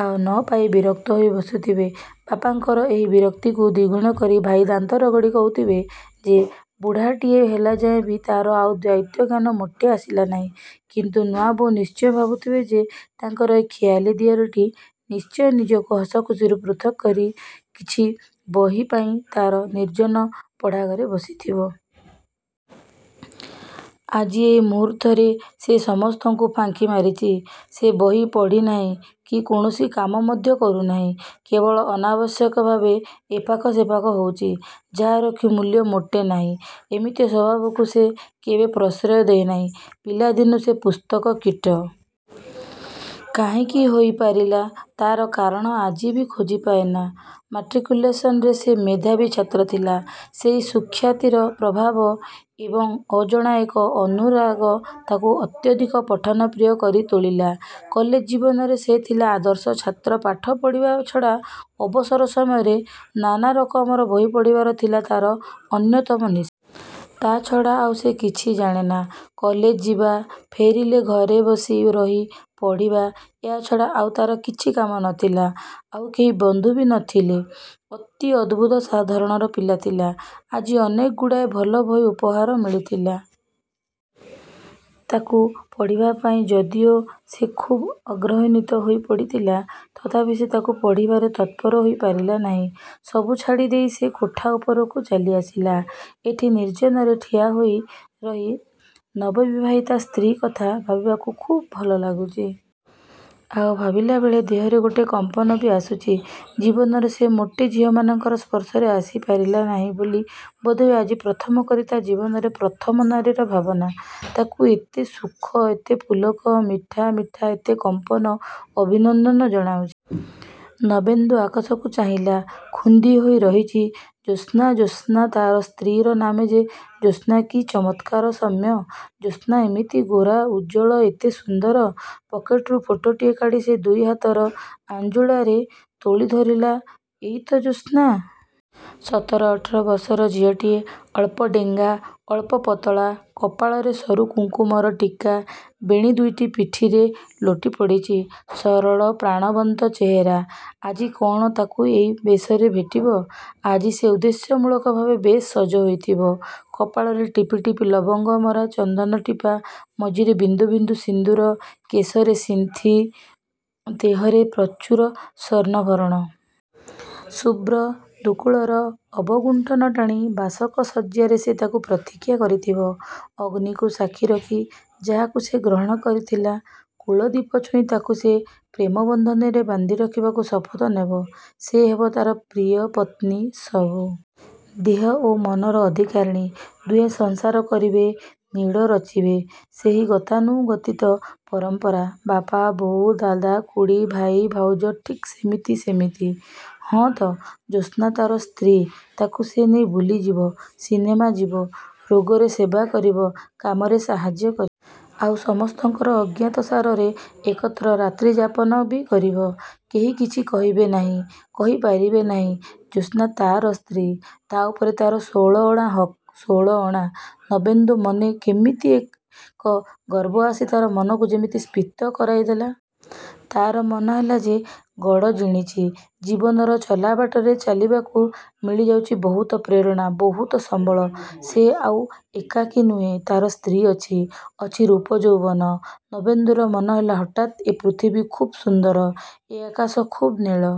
ଆଉ ନ ପାଇ ବିରକ୍ତ ହୋଇ ବସୁଥିବେ। ବାପାଙ୍କର ଏହି ବିରକ୍ତିକୁ ଦ୍ଵିଗୁଣ କରି ଭାଇ ଦାନ୍ତରଗଡ଼ି କହୁଥିବେ ଯେ, ବୁଢ଼ାଟିଏ ହେଲାଯାଏ ବି ତାର ଆଉ ଦାୟିତ୍ଵଜ୍ଞାନ ମୋଟେ ଆସିଲା ନାହିଁ। କିନ୍ତୁ ନୂଆବୋଉ ନିଶ୍ଚୟ ଭାବୁଥିବେ ଯେ, ତାଙ୍କର ଏ ଖିଆଲୀ ଦିଅରଟି ନିଶ୍ଚୟ ନିଜକୁ ହସଖୁସିରୁ ପୃଥକ୍ କରି, କିଛି ବହି ପଢ଼ା ପାଇଁ ତା'ର ନିର୍ଜନ ପଢ଼ାଘରେ ବସିଥିବ। ଆଜି, ଏଇ ମୁହୂର୍ତ୍ତରେ ସେ ସମସ୍ତଙ୍କୁ ଫାଙ୍କି ମାରିଚି। ସେ ବହି ପଢ଼ିନାହିଁ କି କୌଣସି କାମ ମଧ୍ୟ କରୁନାହିଁ। କେବଳ ଅନାବଶ୍ୟକ ଭାବେ ଏପାଖ ସେପାଖ ହଉଚି, ଯାହାର କି ମୂଲ୍ୟ ମୋଟେ ନାହିଁ। ଏମିତି ସ୍ଵଭାବକୁ ସେ କେବେ ପ୍ରଶ୍ରୟ ଦେଇନାହିଁ। ପିଲାଦିନୁ ସେ ପୁସ୍ତକ କୀଟ। କାହିଁକି ହୋଇ ପାରିଲା, ତା'ର କାରଣ ଆଜି ବି ଖୋଜି ପାଏନା। ମାଟ୍ରିକ୍ୟୁଲେସନ୍‌ରେ ସେ ମେଧାବୀ ଛାତ୍ର ଥିଲା। ସେଇ ସୁଖ୍ୟାତିର ପ୍ରଭାବ ଏବଂ ଅଜଣା ଏକ ଅନୁରାଗ ତାକୁ ଅତ୍ୟଧିକ ପଠନପ୍ରିୟ କରି ତୋଳିଲା। କଲେଜ ଜୀବନରେ ସେ ଥିଲା ଆଦର୍ଶ ଛାତ୍ର ପାଠ ପଢ଼ିବା ଛଡ଼ା ଅବସର ସମୟରେ ନାନାରକମର ବହି ପଢ଼ିବାର ଥିଲା ତାର ଅନ୍ୟତମ ନିଶା। ତା' ଛଡ଼ା ଆଉ ସେ କିଛି ଜାଣେ ନା। କଲେଜ ଯିବା, ଫେରିଲେ ଘରେ ବସି ରହି ପଢ଼ିବା, ଏହାଛଡ଼ା ଆଉ ତାର କିଛି କାମ ନ ଥିଲା। ଆଉ କେହି ବନ୍ଧୁ ବି ନ ଥିଲେ। ଅତି ଅଦ୍ଭୁତ ଧରଣର ପିଲା ଥିଲା। ଆଜି ଅନେକଗୁଡ଼ାଏ ଭଲ ବହି ଉପହାର ମିଳିଥିଲା। ତାକୁ ପଢ଼ିବା ପାଇଁ ଯଦିଓ ସେ ଖୁବ୍ ଆଗ୍ରହାନ୍ୱିତ ହୋଇ ପଡ଼ିଥିଲା, ତଥାପି ସେ ତାକୁ ପଢ଼ିବାରେ ତତ୍ପର ହୋଇ ପାରିଲା ନାହିଁ। ସବୁ ଛାଡ଼ି ଦେଇ ସେ କୋଠା ଉପରକୁ ଚାଲିଆସିଲା। ଏଠି ନିର୍ଜନରେ ଠିଆ ହୋଇ ରହି, ନବବିବାହିତା ସ୍ତ୍ରୀ କଥା ଭାବିବାକୁ ଖୁବ୍ ଭଲ ଲାଗୁଚି। ଆଉ ଭାବିଲାବେଳେ ଦେହରେ ଗୋଟେ କମ୍ପନ ବି ଆସୁଚି। ଜୀବନରେ ସେ ମୋଟେ ଝିଅମାନଙ୍କର ସ୍ପର୍ଶରେ ଆସି ପାରିନାହିଁ ବୋଲି ବୋଧହୁଏ, ଆଜି ପ୍ରଥମ କରି ତା' ଜୀବନରେ ପ୍ରଥମ ନାରୀର ଭାବନା। ତାକୁ ଏତେ ସୁଖ, ଏତେ ପୁଲକ, ମିଠା ମିଠା ଏତେ କମ୍ପନ, ଅଭିନନ୍ଦନ ଜଣାଉଛି। ନବେନ୍ଦୁ ଆକାଶକୁ ଚାହିଁଲା ,ଖୁନ୍ଦି ହୋଇ ରହିଛି ଜ୍ୟୋତ୍ସ୍ନା! ଜ୍ୟୋତ୍ସ୍ନା ତା'ର ସ୍ତ୍ରୀର ନାମ ଯେ ଜ୍ୟୋତ୍ସ୍ନା ,କି ଚମତ୍କାର ସାମ୍ୟ? ଜ୍ୟୋତ୍ସ୍ନା ଏମିତି ଗୋରା, ଉଜ୍ଜ୍ୱଳ, ଏତେ ସୁନ୍ଦର? ପକେଟରୁ ଫଟୋଟିଏ କାଢ଼ି ସେ ଦୁଇ ହାତର ଆଞ୍ଜୁଳାରେ ତୋଳି ଧରିଲା। ଏଇ ତ ଜ୍ୟୋତ୍ସ୍ନା! ସତର ଅଠର ବର୍ଷର ଝିଅଟିଏ। ଅଳ୍ପ ଡେଙ୍ଗା, ଅଳ୍ପ ପତଳା, କପାଳରେ ସରୁ କୁଙ୍କୁମର ଟୀକା। ବେଣୀ ଦୁଇଟି ପିଠିରେ ଲୋଟିପଡ଼ିଚି। ସରଳ, ପ୍ରାଣବନ୍ତ ଚେହେରା ଆଜି କ'ଣ ତାକୁ ଏଇ ବେଶରେ ଭେଟିବ? ଆଜି ସେ ଉଦ୍ଦେଶ୍ୟମୂଳକ ଭାବେ ବେଶ୍ ସଜ ହୋଇଥିବ। କପାଳରେ ଟିପି ଟିପି ଲବଙ୍ଗମରା ଚନ୍ଦନଟିପା, ମଝିରେ ବିନ୍ଦୁ ବିନ୍ଦୁ ସିନ୍ଦୂର, କେଶରେ ସିନ୍ଥି, ଦେହରେ ପ୍ରଚୁର ସ୍ଵର୍ଣ୍ଣଭରଣ। ଶୁଭ୍ର ଦୁକୁଳର ଅବଗୁଣ୍ଠନ ଟାଣି, ବାସକ ଶଯ୍ୟାରେ ସେ ତାକୁ ପ୍ରତୀକ୍ଷା କରିଥିବ। ଅଗ୍ନିକୁ ସାକ୍ଷୀ ରଖି ଯାହାକୁ ସେ ଗ୍ରହଣ କରିଥିଲା, କୂଳଦୀପ ଛୁଇଁ ତାକୁ ସେ ପ୍ରେମ ବନ୍ଧନରେ ବାନ୍ଧି ରଖିବାକୁ ଶପଥ ନେବ। ସେ ହେବ ତାର ପ୍ରିୟ, ପତ୍ନୀ, ସବୁ। ଦେହ ଓ ମନର ଅଧିକାରିଣୀ। ଦୁହେଁ ସଂସାର କରିବେ, ନୀଡ଼ ରଚିବେ। ସେହି ଗତାନୁଗତିତ ପରମ୍ପରା। ବାପା, ବୋଉ, ଦାଦା, ଖୁଡ଼ୀ, ଭାଇ, ଭାଉଜ ଠିକ୍ ସେମିତି, ସେମିତି? ହଁ ତ, ଜ୍ୟୋତ୍ସ୍ନା ତାର ସ୍ତ୍ରୀ ତାକୁ ସେ ନେଇ ବୁଲିଯିବ, ସିନେମା ଯିବ, ରୋଗରେ ସେବା କରିବ, କାମରେ ସାହାଯ୍ୟ କରିବ। ଆଉ ସମସ୍ତଙ୍କର ଅଜ୍ଞାତସାରରେ ଏକତ୍ର ରାତ୍ରିଯାପନ ବି କରିବ। କେହି କିଛି କହିବେ ନାହିଁ, କହି ପାରିବେ ନାହିଁ। ଜ୍ୟୋତ୍ସ୍ନା ତା'ର ସ୍ତ୍ରୀ! ତା' ଉପରେ ତାର ଷୋଳ ଅଣା ହକ୍, ଷୋଳ ଅଣା! ନବେନ୍ଦୁ ମନେ କେମିତି ଏକ ଗର୍ବ ଆସି ତାର ମନକୁ ଯେମିତି ସ୍ଫୀତ କରାଇ ଦେଲା। ତାର ମନେହେଲା ସେ ଗଡ଼ ଜିଣିଚି। ଜୀବନର ଚଲାବାଟରେ ଚାଲିବାକୁ ମିଳିଯାଉଚି ବହୁତ ପ୍ରେରଣା, ବହୁତ ସମ୍ବଳ। ସେ ଆଉ ଏକାକୀ ନୁହେଁ! ତାର ସ୍ତ୍ରୀ ଅଛି! ଅଛି ରୂପ ଯୌବନ। ନବେନ୍ଦୁର ମନହେଲା ହଠାତ୍, ଏ ପୃଥିବୀ ଖୁବ୍ ସୁନ୍ଦର। ଏ ଆକାଶ ଖୁବ୍ ନୀଳ!